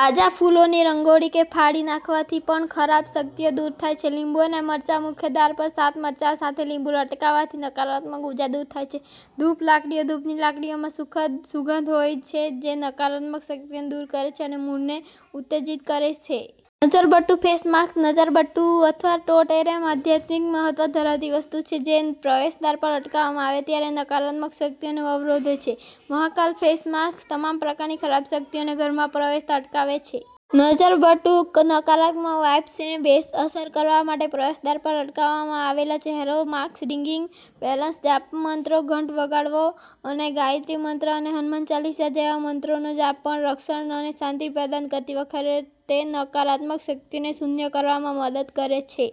તાજા ફૂલોની રંગોળી કે ફાડી નાખવાથી પણ ખરાબ શક્તિઓ દૂર થાય છે. લીંબુ અને મરચાંઃ મુખ્ય દ્વાર પર સાત મરચાં સાથે લીંબુ લટકાવવાથી નકારાત્મક ઉર્જા દૂર થાય છે. ધૂપ લાકડીઓ: ધૂપની લાકડીઓમાં સુખદ સુગંધ હોય છે જે નકારાત્મક શક્તિઓને દૂર કરે છે અને મૂડને ઉત્તેજિત કરે છે. નઝર બટ્ટુ ફેસ માસ્ક: નઝર બટ્ટુ, અથવા ટોટેમ, આધ્યાત્મિક મહત્વ ધરાવતી વસ્તુ છે જે પ્રવેશદ્વાર પર લટકાવવામાં આવે ત્યારે નકારાત્મક શક્તિઓને અવરોધે છે. "મહાકાલ" ફેસ માસ્ક તમામ પ્રકારની ખરાબ શક્તિઓને ઘરમાં પ્રવેશતા અટકાવે છે. નઝર બટુક નકારાત્મક વાઇબ્સને બેઅસર કરવા માટે પ્રવેશદ્વાર પર લટકાવવામાં આવેલો ચહેરો, માસ્ક રિંગિંગ બેલ્સ અને જાપ મંત્રો, ઘંટ વગાડવો અને ગાયત્રી મંત્ર અને હનુમાન ચાલીસા જેવા મંત્રોનો જાપ પણ રક્ષણ અને શાંતિ પ્રદાન કરતી વખતે નકારાત્મક શક્તિઓને શૂન્ય કરવામાં મદદ કરે છે.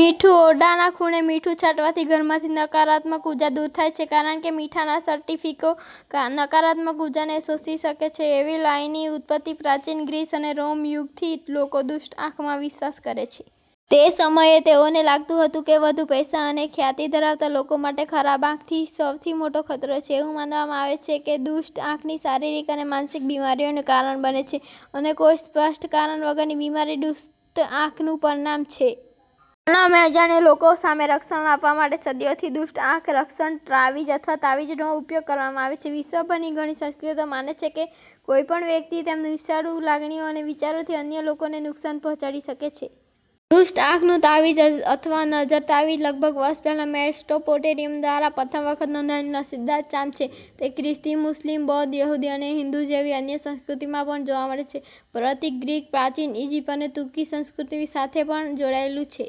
મીઠું: ઓરડાના ખૂણે મીઠું છાંટવાથી ઘરમાંથી નકારાત્મક ઉર્જા દૂર થાય છે કારણ કે મીઠાના સ્ફટિકો નકારાત્મક ઊર્જાને શોષી શકે છે. એવિલ આઇની ઉત્પત્તિ: પ્રાચીન ગ્રીસ અને રોમ યુગથી લોકો દુષ્ટ આંખમાં વિશ્વાસ કરે છે. તે સમયે તેઓને લાગતું હતું કે વધુ પૈસા અને ખ્યાતિ ધરાવતા લોકો માટે ખરાબ આંખ સૌથી મોટો ખતરો છે. એવું માનવામાં આવે છે કે દુષ્ટ આંખ શારીરિક અને માનસિક બીમારીઓનું કારણ બને છે અને કોઈ સ્પષ્ટ કારણ વગરની બીમારી દુષ્ટ આંખનું પરિણામ છે. પરિણામે, અજાણ્યા લોકો સામે રક્ષણ આપવા માટે સદીઓથી દુષ્ટ આંખ રક્ષણ, તાવીજ અથવા તાવીજનો ઉપયોગ કરવામાં આવે છે. વિશ્વભરની ઘણી સંસ્કૃતિઓ માને છે કે કોઈ પણ વ્યક્તિ તેમની ઈર્ષાળુ લાગણીઓ અને વિચારોથી અન્ય લોકોને નુકસાન પહોંચાડી શકે છે. દુષ્ટ આંખનું તાવીજ અથવા નઝર તાવીજ લગભગ વર્ષ પહેલાં મેસોપોટેમિયનો દ્વારા પ્રથમ વખત નોંધાયેલું નસીબદાર ચાર્મ છે. તે ખ્રિસ્તી, મુસ્લિમ, બૌદ્ધ, યહૂદી અને હિંદુ જેવી અન્ય સંસ્કૃતિઓમાં પણ જોવા મળે છે. પ્રતીક ગ્રીક, પ્રાચીન ઇજિપ્ત અને તુર્કી સંસ્કૃતિ સાથે પણ જોડાયેલું છે.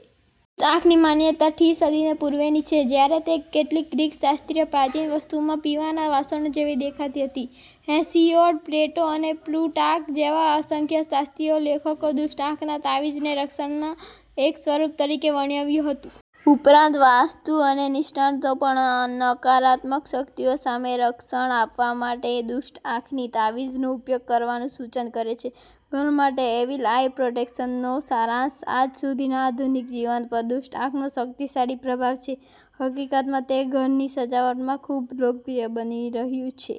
દુષ્ટ આંખની માન્યતા ઠ્ઠી સદી પૂર્વેની છે જ્યારે તે કેટલીક ગ્રીક શાસ્ત્રીય પ્રાચીન વસ્તુઓમાં પીવાના વાસણો જેવી દેખાતી હતી. હેસિયોડ, પ્લેટો અને પ્લુટાર્ક જેવા અસંખ્ય શાસ્ત્રીય લેખકોએ દુષ્ટ આંખના તાવીજને રક્ષણના એક સ્વરૂપ તરીકે વર્ણવ્યું હતું. ઉપરાંત, વાસ્તુ અને નિષ્ણાતો પણ નકારાત્મક શક્તિઓ સામે રક્ષણ આપવા માટે દુષ્ટ આંખના તાવીજનો ઉપયોગ કરવાનું સૂચન કરે છે. ઘર માટે એવિલ આઇ પ્રોટેક્શનનો સારાંશ આજ સુધીના આધુનિક જીવન પર દુષ્ટ આંખનો શક્તિશાળી પ્રભાવ છે. હકીકતમાં, તે ઘરની સજાવટમાં ખૂબ લોકપ્રિય બન્યું છે.